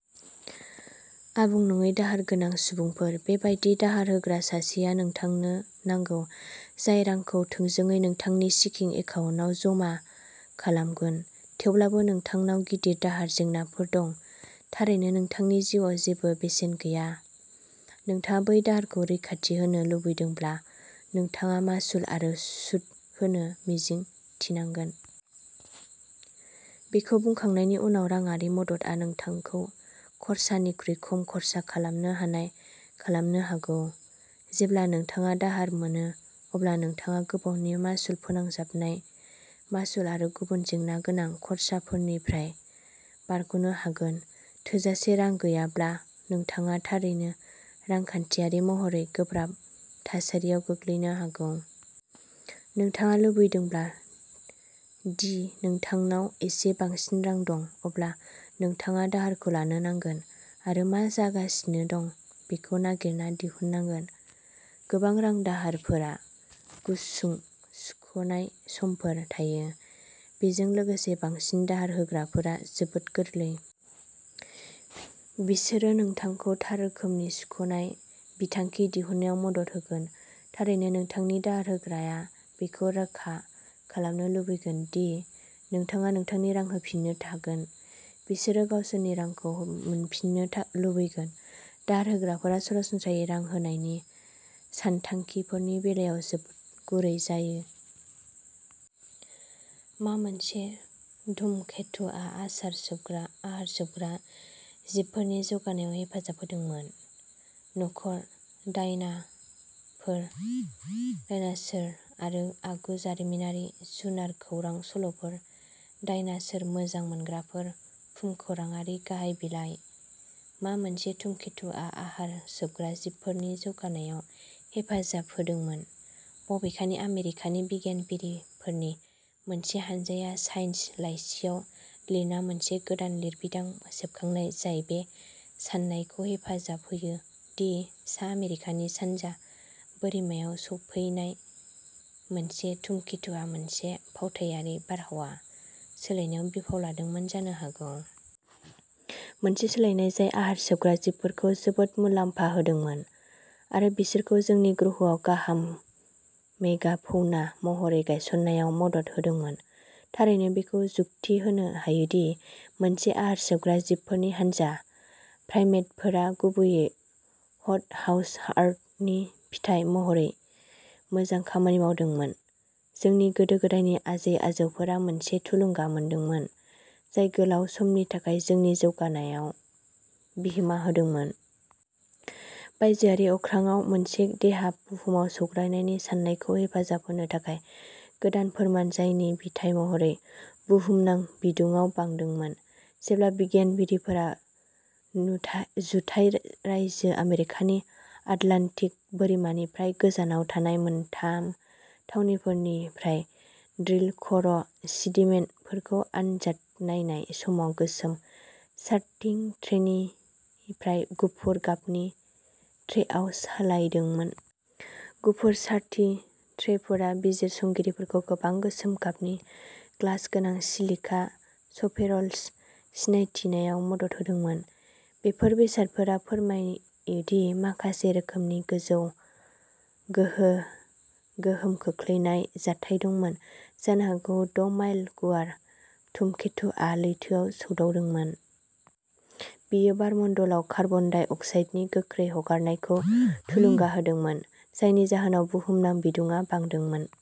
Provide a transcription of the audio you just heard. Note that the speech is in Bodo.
आबुं नङै दाहार गोनां सुबुंफोर। बे बायदि दाहार होग्रा सासेया नोंथांनो नांगौ जानाय रांखौ थोंजोङै नोंथांनि चेकिं एकाउन्टाव जमा खालामगोन, थेवब्लाबो नोंथांनाव गिदिर दाहार जेंनाफोर दं। थारैनो, नोंथांनि जिउआव जेबो बेसेन गैया। नोंथाङा बै दाहारखौ रैखाथि होनो लुबैदोंब्ला, नोंथाङा मासुल आरो सुद होनो मिजिंथिनांगोन। बेखौ बुंखांनायनि उनाव, राङारि मददआ नोंथांखौ खर्सानिख्रुइ खम खर्सा खालामनो हानाय खालामनो हागौ। जेब्ला नोंथाङा दाहार मोनो, अब्ला नोंथाङा गोबावनि मासुल, फोनांजाबनाय मासुल आरो गुबुन जेंनागोनां खर्साफोरनिफ्राय बारग'नो हागोन। थोजासे रां गैयाब्ला नोंथाङा थारैनो रांखान्थियारि महरै गोब्राब थासारियाव गोग्लैनो हागौ। नोंथाङा लुबैदोंब्ला दि नोंथांनाव एसे बांसिन रां दं, अब्ला नोंथाङा दाहारखौ लानो नांगोन आरो मा जागासिनो दं बेखौ नागिरना दिहुननांगोन। गोबां रां दाहारफोरा गुसुं सुख'नाय समफोर थायो। बेजों लोगोसे, बांसिन दाहार होग्राफोरा जोबोद गोरलै। बिसोरो नोंथांखौ थार रोखोमनि सुख'नाय बिथांखि दिहुननायाव मदद होगोन। थारैनो, नोंथांनि दाहार होग्राया बेखौ रोखा खालामनो लुबैगोन दि नोंथाङा नोंथांनि रां होफिननो हागोन। बिसोरो गावसोरनि रांखौ मोनफिननो लुबैगोन। दाहार होग्राफोरा सरासनस्रायै रां होनायनि सानथांखिफोरनि बेलायाव जोबोद गुरै जायो। मा मोनसे धूमकेतुआ आहार सोबग्रा जिबफोरनि जौगानायाव हेफाजाब होदोंमोन? न'खर/डायनासोर आरो आगु जारिमिनारि जुनार खौरां सल'फोर, डायनासोर मोजां मोनग्राफोर, भुमखौराङारि, गाहाय बिलाइ/मा मोनसे धूमकेतुआ आहार सोबग्रा जिबफोरनि जौगानायाव हेफाजाब होदोंमोन? बबेखानि, आमेरिकानि बिगियानगिरिफोरनि मोनसे हानजाया "साइन्स" लाइसिआव लिरना मोनसे गोदान लिरबिदां सेबखांबाय जाय बे साननायखौ हेफाजाब होयो दि सा आमेरिकानि सानजा बोरिमायाव सौफैनाय मोनसे धूमकेतुआ मोनसे फावथायारि बारहावा सोलायनायाव बिफाव लादोंमोन जानो हागौ। मोनसे सोलायनाय जाय आहार सोबग्रा जिबफोरखौ जोबोद मुलाम्फा होदोंमोन आरो बिसोरखौ जोंनि ग्रहआव गाहाय मेगाफौना महरै गायसननायाव मदद होदोंमोन। थारैनो, बेखौ जुक्ति होनो हायोदि मोनसे आहार सोबग्रा जिबफोरनि हानजा, प्राइमेटफोरा, गुबैयै "हट हाउस अर्थ" नि फिथाय महरै मोजां खामानि मावदोंमोन, जोंनि गोदो गोदायनि आजै-आजौफोरा मोनसे थुलुंगा मोनदोंमोन, जाय गोलाव समनि थाखाय जोंनि जौगानायाव बिहोमा होदोंमोन। बायजोआरि अख्राङाव मोनसे देहा बुहुमाव सौग्रावनायनि साननायखौ हेफाजाब होनो थाखाय गोदान फोरमान, जायनि फिथाय महरै बुहुमनां बिदुङा बांदोंमोन, जेब्ला बिगियानगिरिफोरा जुथाइ रायजो आमेरिकानि आटलान्टिक बोरिमानिफ्राय गोजानाव थानाय मोनथाम थावनिफोरनिफ्राय ड्रिल क'र सेडिमेन्टफोरखौ आनजाद नायनाय समाव गोसोम सार्टिं ट्रेनिफ्राय गुफुर गाबनि ट्रेआव सोलायदोंमोन। गुफुर सार्टिं ट्रेफोरा बिजिरसंगिरिफोरखौ गोबां गोसोम गाबनि, ग्लास गोनां, सिलिका स्फेरुल्स सिनायथिनायाव मदद होदोंमोन। बेफोर बेसादफोरा फोरमायो दि माखासे रोखोमनि गोजौ गोहो गोहोम खोख्लैनाय जाथाय दंमोन, जानो हागौ द'माइल गुवार धूमकेतुआ लैथोआव सौदावदोंमोन। बेयो बारमण्डलाव कार्बन डाइअक्साइडनि गोख्रै हगारनायखौ थुलुंगा होदोंमोन, जायनि जाहोनाव बुहुमनां बिदुङा बांदोंमोन।